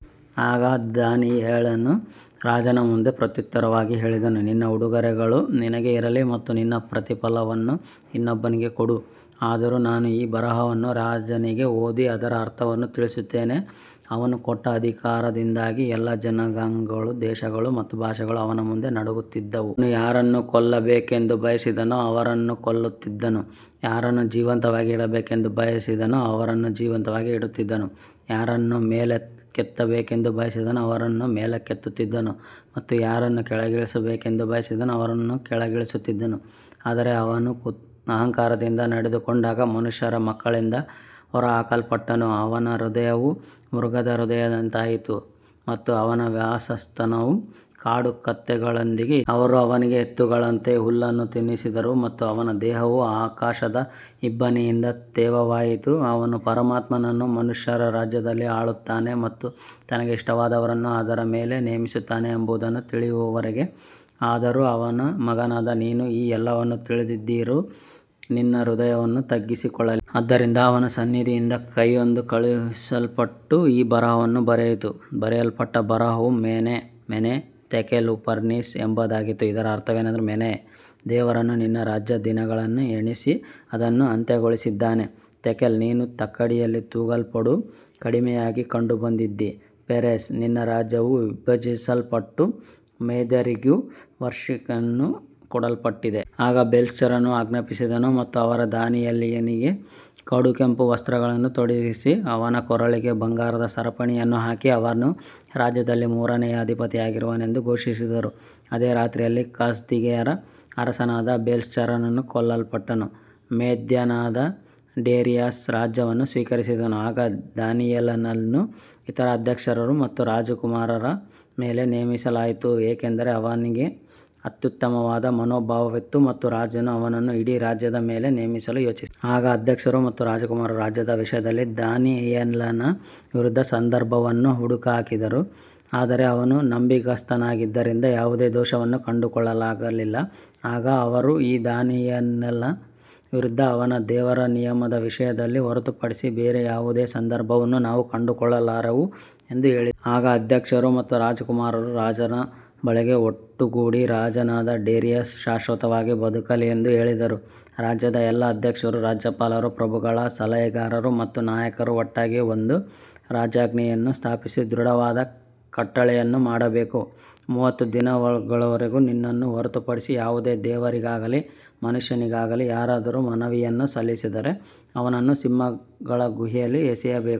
ಆಗ ದಾನಿಯೇಲನು ರಾಜನ ಮುಂದೆ ಪ್ರತ್ಯುತ್ತರವಾಗಿ ಹೇಳಿದನು, ನಿನ್ನ ಉಡುಗೊರೆಗಳು ನಿನಗೇ ಇರಲಿ ಮತ್ತು ನಿನ್ನ ಪ್ರತಿಫಲವನ್ನು ಇನ್ನೊಬ್ಬನಿಗೆ ಕೊಡು. ಆದರೂ ನಾನು ಈ ಬರಹವನ್ನು ರಾಜನಿಗೆ ಓದಿ ಅದರ ಅರ್ಥವನ್ನು ತಿಳಿಸುತ್ತೇನೆ. ಅವನು ಕೊಟ್ಟ ಅಧಿಕಾರದಿಂದಾಗಿ ಎಲ್ಲಾ ಜನಾಂಗಗಳು, ದೇಶಗಳು ಮತ್ತು ಭಾಷೆಗಳು ಅವನ ಮುಂದೆ ನಡುಗುತ್ತಿದ್ದವು. ಅವನು ಯಾರನ್ನು ಕೊಲ್ಲಬೇಕೆಂದು ಬಯಸಿದನೋ ಅವರನ್ನು ಕೊಲ್ಲುತ್ತಿದ್ದನು, ಯಾರನ್ನು ಜೀವಂತವಾಗಿ ಇಡಬೇಕೆಂದು ಬಯಸಿದನೋ ಅವರನ್ನು ಜೀವಂತವಾಗಿ ಇಡುತ್ತಿದ್ದನು, ಯಾರನ್ನು ಮೇಲಕ್ಕೆತ್ತಬೇಕೆಂದು ಬಯಸಿದನೋ ಅವರನ್ನು ಮೇಲಕ್ಕೆತ್ತುತ್ತಿದ್ದನು ಮತ್ತು ಯಾರನ್ನು ಕೆಳಗಿಳಿಸಬೇಕೆಂದು ಬಯಸಿದನೋ ಅವರನ್ನು ಕೆಳಗಿಳಿಸುತ್ತಿದ್ದನು. ಆದರೆ ಅವನು ಅಹಂಕಾರದಿಂದ ನಡೆದುಕೊಂಡಾಗ ಮನುಷ್ಯರ ಮಕ್ಕಳಿಂದ ಹೊರಹಾಕಲ್ಪಟ್ಟನು. ಅವನ ಹೃದಯವು ಮೃಗದ ಹೃದಯದಂತಾಯಿತು ಮತ್ತು ಅವನ ವಾಸಸ್ಥಾನವು ಕಾಡು ಕತ್ತೆಗಳೊಂದಿಗೆ ಇತ್ತು. ಅವರು ಅವನಿಗೆ ಎತ್ತುಗಳಂತೆ ಹುಲ್ಲನ್ನು ತಿನ್ನಿಸಿದರು ಮತ್ತು ಅವನ ದೇಹವು ಆಕಾಶದ ಇಬ್ಬನಿಯಿಂದ ತೇವವಾಯಿತು, ಅವನು ಪರಮಾತ್ಮನು ಮನುಷ್ಯರ ರಾಜ್ಯದಲ್ಲಿ ಆಳುತ್ತಾನೆ ಮತ್ತು ತನಗೆ ಇಷ್ಟವಾದವರನ್ನು ಅದರ ಮೇಲೆ ನೇಮಿಸುತ್ತಾನೆ ಎಂಬುದನ್ನು ತಿಳಿಯುವವರೆಗೆ. ಆದರೂ ಅವನ ಮಗನಾದ ನೀನು ಈ ಎಲ್ಲವನ್ನೂ ತಿಳಿದಿದ್ದರೂ ನಿನ್ನ ಹೃದಯವನ್ನು ತಗ್ಗಿಸಿಕೊಳ್ಳಲಿಲ್ಲ. ಆದ್ದರಿಂದ ಅವನ ಸನ್ನಿಧಿಯಿಂದ ಕೈಯೊಂದು ಕಳುಹಿಸಲ್ಪಟ್ಟು ಈ ಬರಹವನ್ನು ಬರೆಯಿತು. ಬರೆಯಲ್ಪಟ್ಟ ಬರಹವು ಮೆನೆ, ಮೆನೆ, ತೆಕೆಲ್, ಉಪರ್ಸಿನ್ ಎಂಬುದಾಗಿತ್ತು. ಇದರ ಅರ್ಥವೇನೆಂದರೆ, ಮೆನೆ, ದೇವರು ನಿನ್ನ ರಾಜ್ಯದ ದಿನಗಳನ್ನು ಎಣಿಸಿ ಅದನ್ನು ಅಂತ್ಯಗೊಳಿಸಿದ್ದಾನೆ. ತೆಕೆಲ್, ನೀನು ತಕ್ಕಡಿಯಲ್ಲಿ ತೂಗಲ್ಪಟ್ಟು ಕಡಿಮೆಯಾಗಿ ಕಂಡುಬಂದಿದ್ದೀ. ಪೆರೆಸ್, ನಿನ್ನ ರಾಜ್ಯವು ವಿಭಜಿಸಲ್ಪಟ್ಟು ಮೇದ್ಯರಿಗೂ ಪರ್ಷಿಯನ್ನರಿಗೂ ಕೊಡಲ್ಪಟ್ಟಿದೆ. ಆಗ ಬೇಲ್ಶಚ್ಚರನು ಆಜ್ಞಾಪಿಸಿದನು ಮತ್ತು ಅವರು ದಾನಿಯೇಲನಿಗೆ ಕಡುಗೆಂಪು ವಸ್ತ್ರವನ್ನು ತೊಡಿಸಿ, ಅವನ ಕೊರಳಿಗೆ ಬಂಗಾರದ ಸರಪಣಿಯನ್ನು ಹಾಕಿ, ಅವನು ರಾಜ್ಯದಲ್ಲಿ ಮೂರನೆಯ ಅಧಿಪತಿಯಾಗಿರುವನೆಂದು ಘೋಷಿಸಿದರು. ಅದೇ ರಾತ್ರಿಯಲ್ಲಿ ಕಸ್ದೀಯರ ಅರಸನಾದ ಬೇಲ್ಶಚ್ಚರನು ಕೊಲ್ಲಲ್ಪಟ್ಟನು. ಮೇದ್ಯನಾದ ಡೇರಿಯಸ್ ರಾಜ್ಯವನ್ನು ಸ್ವೀಕರಿಸಿದನು. ಆಗ ದಾನಿಯೇಲನನ್ನು ಇತರ ಅಧ್ಯಕ್ಷರು ಮತ್ತು ರಾಜಕುಮಾರರ ಮೇಲೆ ನೇಮಿಸಲಾಯಿತು, ಏಕೆಂದರೆ ಅವನಲ್ಲಿ ಅತ್ಯುತ್ತಮವಾದ ಮನೋಭಾವವಿತ್ತು ಮತ್ತು ರಾಜನು ಅವನನ್ನು ಇಡೀ ರಾಜ್ಯದ ಮೇಲೆ ನೇಮಿಸಲು ಯೋಚಿಸಿದನು. ಆಗ ಅಧ್ಯಕ್ಷರು ಮತ್ತು ರಾಜಕುಮಾರರು ರಾಜ್ಯದ ವಿಷಯದಲ್ಲಿ ದಾನಿಯೇಲನ ವಿರುದ್ಧ ಸಂದರ್ಭವನ್ನು ಹುಡುಕಿದರು, ಆದರೆ ಅವನು ನಂಬಿಗಸ್ತನಾಗಿದ್ದರಿಂದ ಯಾವುದೇ ದೋಷವನ್ನೂ ಕಂಡುಕೊಳ್ಳಲಾಗಲಿಲ್ಲ. ಆಗ ಅವರು, ಈ ದಾನಿಯೇಲನ ವಿರುದ್ಧ ಅವನ ದೇವರ ನಿಯಮದ ವಿಷಯದಲ್ಲಿ ಹೊರತುಪಡಿಸಿ ಬೇರೆ ಯಾವುದೇ ಸಂದರ್ಭವನ್ನು ನಾವು ಕಂಡುಕೊಳ್ಳಲಾರೆವು ಎಂದು ಹೇಳಿದರು. ಆಗ ಅಧ್ಯಕ್ಷರು ಮತ್ತು ರಾಜಕುಮಾರರು ರಾಜನ ಬಳಿಗೆ ಒಟ್ಟುಗೂಡಿ, ರಾಜನಾದ ಡೇರಿಯಸ್ ಶಾಶ್ವತವಾಗಿ ಬದುಕಲಿ ಎಂದು ಹೇಳಿದರು. ರಾಜ್ಯದ ಎಲ್ಲಾ ಅಧ್ಯಕ್ಷರು, ರಾಜ್ಯಪಾಲರು, ಪ್ರಭುಗಳು, ಸಲಹೆಗಾರರು ಮತ್ತು ನಾಯಕರು ಒಟ್ಟಾಗಿ ಒಂದು ರಾಜಾಜ್ಞೆಯನ್ನು ಸ್ಥಾಪಿಸಿ, ದೃಢವಾದ ಕಟ್ಟಳೆಯನ್ನು ಮಾಡಬೇಕು. ಮೂವತ್ತು ದಿನಗಳವರೆಗೆ ನಿನ್ನನ್ನು ಹೊರತುಪಡಿಸಿ ಯಾವುದೇ ದೇವರಿಗಾಗಲಿ ಮನುಷ್ಯನಿಗಾಗಲಿ ಯಾರಾದರೂ ಮನವಿಯನ್ನು ಸಲ್ಲಿಸಿದರೆ, ಅವನನ್ನು ಸಿಂಹಗಳ ಗುಹೆಯಲ್ಲಿ ಎಸೆಯಬೇಕು.